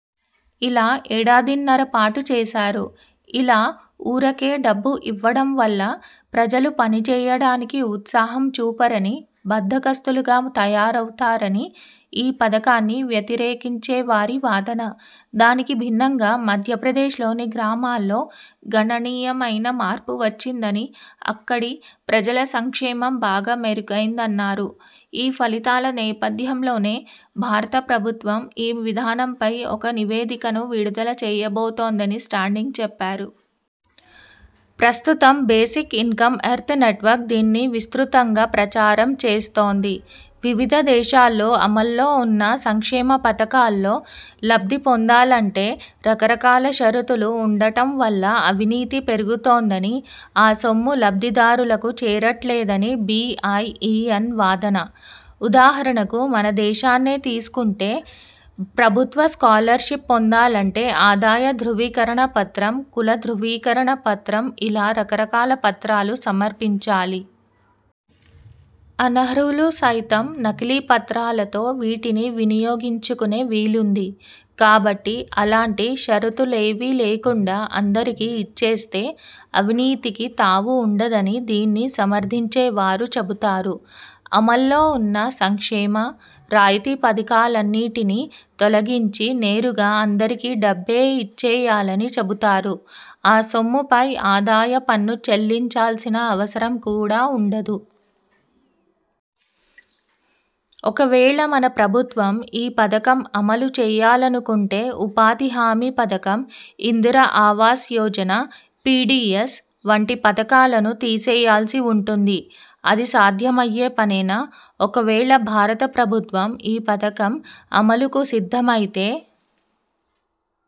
ఇలా ఏడాదిన్నరపాటు చేశారు. ఇలా ఊరకే డబ్బు ఇవ్వడంవల్ల ప్రజలు పనిచేయడానికి ఉత్సా హం చూపరని బద్ధకస్తులుగా తయారవుతారని ఈ పథకాన్ని వ్యతిరేకించేవారి వాదన. దానికి భిన్నంగా మధ్యప్రదేశ్లోని గ్రామాల్లో గణనీయమైన మార్పు వచ్చిందని, అక్కడి ప్రజల సంక్షేమం బాగా మెరుగైందన్నారు. ఈ ఫలితాల నేపథ్యంలోనే భారత ప్రభుత్వం ఈ విధానంపై ఒక నివేదికను విడుదల చేయబోతోందని స్టాండింగ్ చెప్పారు. ప్రస్తుతం బేసిక్ ఇన్కమ్ ఎర్త్ నెట్వర్క్ దీన్ని విస్తృతంగా ప్రచారం చేస్తోంది. వివిధ దేశాల్లో అమల్లో ఉన్న సంక్షేమ పథకాల్లో లబ్ధి పొందాలంటే రకరకాల షరతులు ఉండటంవల్ల అవినీతి పెరుగుతోందని, ఆ సొమ్ము లబ్ధిదారులకు చేరట్లేదని బీఐఈఎన్ వాదన. ఉదాహరణకు మనదేశాన్నే తీసుకుంటే ప్రభుత్వ స్కాలర్షిప్ పొందాలంటే ఆదాయ ధ్రువీకరణ పత్రం, కుల ధ్రువీకరణ పత్రం ఇలా రకరకాల పత్రాలు సమర్పించాలి. అనర్హులు సైతం నకిలీ పత్రాలతో వీటిని వినియోగించుకునే వీలుంది. కాబట్టి, అలాంటి షరతులేవీ లేకుండా అందరికీ ఇచ్చేస్తే అవినీతికి తావు ఉండదని దీన్ని సమర్థించేవారు చెబుతారు. అమల్లో ఉన్న సంక్షేమ, రాయితీ పథకాలన్నిటినీ తొలగించి నేరుగా అందరికీ డబ్బే ఇచ్చేయాలని చెబుతారు. ఆ సొమ్ముపై ఆదాయపన్ను చెల్లించాల్సిన అవసరం కూడా ఉండదు. ఒకవేళ మన ప్రభుత్వం ఈ పథకం అమలు చేయాలనుకుంటే ఉపాధి హామీ పథకం, ఇందిర ఆవాస్ యోజన, పీడీఎస్ వంటి పథకాలను తీసేయాల్సి ఉంటుంది. అది సాధ్యమయ్యే పనేనా? ఒకవేళ భారత ప్రభుత్వం ఈ పథకం అమలుకు సిద్ధమైతే